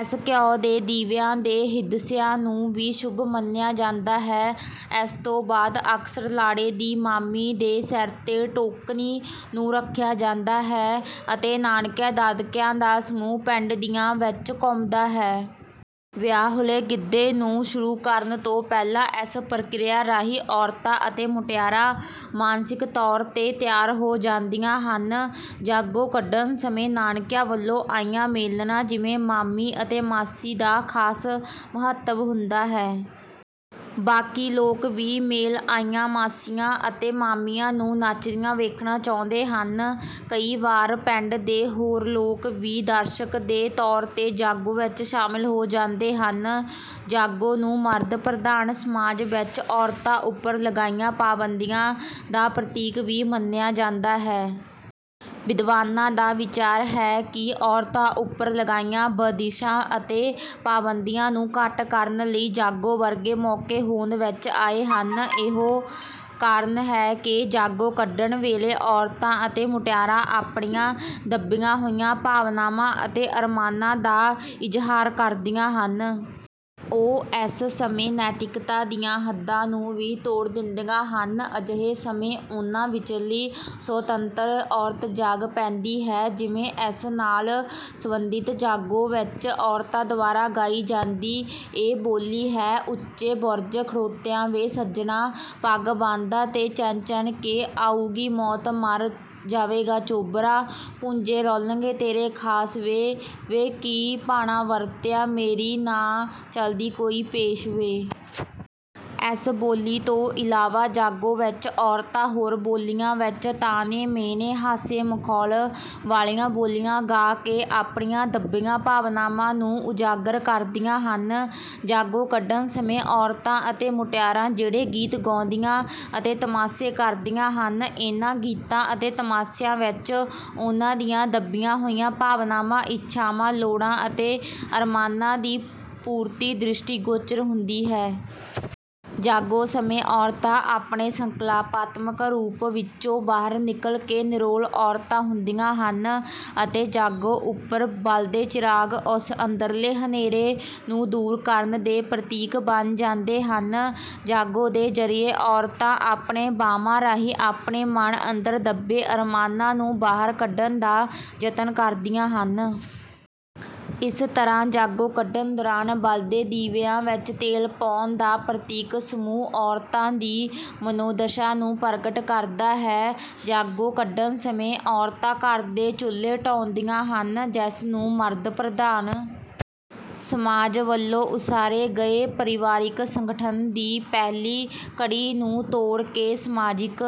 ਇਸ ਘਿਉ ਦੇ ਦੀਵਿਆਂ ਦੇ ਹਿੰਦਸਿਆਂ ਨੂੰ ਵੀ ਸ਼ੁਭ ਮੰਨਿਆ ਜਾਂਦਾ ਹੈ। ਇਸ ਤੋਂ ਬਾਅਦ ਅਕਸਰ ਲਾੜੇ ਦੀ ਮਾਮੀ ਦੇ ਸਿਰ ਤੇ ਟੋਕਣੀ ਨੂੰ ਰੱਖਿਆ ਜਾਂਦਾ ਹੈ ਅਤੇ ਨਾਨਕਿਆਂ ਦਾਦਕਿਆਂ ਦਾ ਸਮੂਹ ਪਿੰਡ ਦੀਆਂ ਵਿੱਚ ਘੁੰਮਦਾ ਹੈ। ਵਿਆਹੁਲੇ ਗਿੱਧੇ ਨੂੰ ਸ਼ੁਰੂ ਕਰਨ ਤੋਂ ਪਹਿਲਾਂ ਇਸ ਪ੍ਰਕਿਰਿਆ ਰਾਹੀਂ ਔਰਤਾਂ ਅਤੇ ਮੁਟਿਆਰਾਂ ਮਾਨਸਿਕ ਤੌਰ ਤੇ ਤਿਆਰ ਹੋ ਜਾਂਦੀਆਂ ਹਨ। ਜਾਗੋ ਕੱਢਣ ਸਮੇਂ ਨਾਨਕਿਆਂ ਵੱਲੋਂ ਆਈਆਂ ਮੇਲਣਾਂ ਜਿਵੇਂ ਮਾਮੀ ਅਤੇ ਮਾਸੀ ਦਾ ਖ਼ਾਸ ਮਹੱਤਵ ਹੁੰਦਾ ਹੈ। ਬਾਕੀ ਲੋਕ ਵੀ ਮੇਲ ਆਈਆਂ ਮਾਸੀਆਂ ਅਤੇ ਮਾਮੀਆਂ ਨੂੰ ਨੱਚਦੀਆਂ ਵੇਖਣਾ ਚਾਹੁੰਦੇ ਹਨ। ਕਈ ਵਾਰ ਪਿੰਡ ਦੇ ਹੋਰ ਲੋਕ ਵੀ ਦਰਸ਼ਕ ਦੇ ਤੌਰ ਤੇ ਜਾਗੋ ਵਿੱਚ ਸ਼ਾਮਿਲ ਹੋ ਜਾਂਦੇ ਹਨ। ਜਾਗੋ ਨੂੰ ਮਰਦ ਪ੍ਰਧਾਨ ਸਮਾਜ ਵਿੱਚ ਔਰਤਾਂ ਉੱਪਰ ਲਗਾਈਆਂ ਪਾਬੰਦੀਆਂ ਦਾ ਪ੍ਰਤੀਕ ਵੀ ਮੰਨਿਆ ਜਾਂਦਾ ਹੈ। ਵਿਦਵਾਨਾਂ ਦਾ ਵਿਚਾਰ ਹੈ ਕਿ ਔਰਤਾਂ ਉੱਪਰ ਲਗਾਈਆਂ ਬੰਦਿਸ਼ਾਂ ਅਤੇ ਪਾਬੰਦੀਆਂ ਨੂੰ ਘੱਟ ਕਰਨ ਲਈ ਜਾਗੋ ਵਰਗੇ ਮੌਕੇ ਹੋਂਦ ਵਿੱਚ ਆਏ ਹਨ। ਇਹੋ ਕਾਰਨ ਹੈ ਕਿ ਜਾਗੋ ਕੱਢਣ ਵੇਲੇ ਔਰਤਾਂ ਅਤੇ ਮੁਟਿਆਰਾਂ ਆਪਣੀਆਂ ਦੱਬੀਆਂ ਹੋਈਆਂ ਭਾਵਨਾਵਾਂ ਅਤੇ ਅਰਮਾਨਾਂ ਦਾ ਇਜ਼ਹਾਰ ਕਰਦੀਆਂ ਹਨ। ਉਹ ਇਸ ਸਮੇਂ ਨੈਤਿਕਤਾ ਦੀਆਂ ਹੱਦਾਂ ਨੂੰ ਵੀ ਤੋੜ ਦਿੰਦੀਆਂ ਹਨ। ਅਜਿਹੇ ਸਮੇਂ ਉਹਨਾਂ ਵਿਚਲੀ 'ਸੁਤੰਤਰ' ਔਰਤ ਜਾਗ ਪੈਂਦੀ ਹੈ। ਜਿਵੇਂ ਇਸ ਨਾਲ ਸੰਬੰਧਿਤ ਜਾਗੋ ਵਿੱਚ ਔਰਤਾਂ ਦੁਆਰਾ ਗਾਈ ਜਾਂਦੀ ਇਹ ਬੋਲੀ ਹੈ: ਉੱਚੇ ਬੁਰਜ ਖੜੋਤਿਆ ਵੇ ਸੱਜਣਾ, ਪੱਗ ਬੰਨ੍ਹਦਾ ਤੇ ਚਿਣ-ਚਿਣ ਕੇ, ਆਊਗੀ ਮੌਤ ਮਰ ਜਾਵੇਂਗਾ ਚੋਬਰਾ, ਭੁੰਜੇ ਰੁਲਣਗੇ ਤੇਰੇ ਖਾਸ ਵੇ, ਵੇ ਕੀ ਭਾਣਾ ਵਰਤਿਆ, ਮੇਰੀ ਨਾ ਚੱਲਦੀ ਕੋਈ ਪੇਸ਼ ਵੇ। ਇਸ ਬੋਲੀ ਤੋਂ ਇਲਾਵਾ ਜਾਗੋ ਵਿੱਚ ਔਰਤਾਂ ਹੋਰ ਬੋਲੀਆਂ ਵਿੱਚ ਤਾਅਨੇ, ਮਿਹਣੇ, ਹਾਸੇ-ਮਖੌਲ ਵਾਲੀਆਂ ਬੋਲੀਆਂ ਗਾ ਕੇ ਆਪਣੀਆਂ ਦੱਬੀਆਂ ਭਾਵਨਾਵਾਂ ਨੂੰ ਉਜਾਗਰ ਕਰਦੀਆਂ ਹਨ। ਜਾਗੋ ਕੱਢਣ ਸਮੇਂ ਔਰਤਾਂ ਅਤੇ ਮੁਟਿਆਰਾਂ ਜਿਹੜੇ ਗੀਤ ਗਾਉਂਦੀਆਂ ਅਤੇ ਤਮਾਸ਼ੇ ਕਰਦੀਆਂ ਹਨ, ਇਹਨਾਂ ਗੀਤਾਂ ਅਤੇ ਤਮਾਸ਼ਿਆਂ ਵਿੱਚ ਉਹਨਾਂ ਦੀਆਂ ਦੱਬੀਆਂ ਹੋਈਆਂ ਭਾਵਨਾਵਾਂ, ਇੱਛਾਵਾਂ, ਲੋੜਾਂ ਅਤੇ ਅਰਮਾਨਾਂ ਦੀ ਪੂਰਤੀ ਦ੍ਰਿਸ਼ਟੀਗੋਚਰ ਹੁੰਦੀ ਹੈ। ਜਾਗੋ ਸਮੇਂ ਔਰਤਾਂ ਆਪਣੇ ਸੰਕਲਪਾਤਮਕ ਰੂਪ ਵਿੱਚੋਂ ਬਾਹਰ ਨਿਕਲ ਕੇ ਨਿਰੋਲ ਔਰਤਾਂ ਹੁੰਦੀਆਂ ਹਨ ਅਤੇ ਜਾਗੋ ਉੱਪਰ ਬਲਦੇ ਚਿਰਾਗ ਉਸ ਅੰਦਰਲੇ ਹਨੇਰੇ ਨੂੰ ਦੂਰ ਕਰਨ ਦੇ ਪ੍ਰਤੀਕ ਬਣ ਜਾਂਦੇ ਹਨ। ਜਾਗੋ ਦੇ ਜ਼ਰੀਏ ਔਰਤਾਂ ਆਪਣੇ ਬਾਵਾਂ ਰਾਹੀਂ ਆਪਣੇ ਮਨ ਅੰਦਰ ਦੱਬੇ ਅਰਮਾਨਾਂ ਨੂੰ ਬਾਹਰ ਕੱਢਣ ਦਾ ਯਤਨ ਕਰਦੀਆਂ ਹਨ। ਇਸੇ ਤਰ੍ਹਾਂ ਜਾਗੋ ਕੱਢਣ ਦੌਰਾਨ ਬਲਦੇ ਦੀਵਿਆਂ ਵਿੱਚ ਤੇਲ ਪਾਉਣ ਦਾ ਪ੍ਰਤੀਕ ਸਮੂਹ ਔਰਤਾਂ ਦੀ ਮਨੋਦਸ਼ਾ ਨੂੰ ਪ੍ਰਗਟ ਕਰਦਾ ਹੈ। ਜਾਗੋ ਕੱਢਣ ਸਮੇਂ ਔਰਤਾਂ ਘਰ ਦੇ ਚੁੱਲ੍ਹੇ ਢਾਹੁੰਦੀਆਂ ਹਨ, ਜਿਸ ਨੂੰ ਮਰਦ ਪ੍ਰਧਾਨ ਸਮਾਜ ਵੱਲੋਂ ਉਸਾਰੇ ਗਏ ਪਰਿਵਾਰਿਕ ਸੰਗਠਨ ਦੀ ਪਹਿਲੀ ਕੜੀ ਨੂੰ ਤੋੜ ਕੇ ਸਮਾਜਿਕ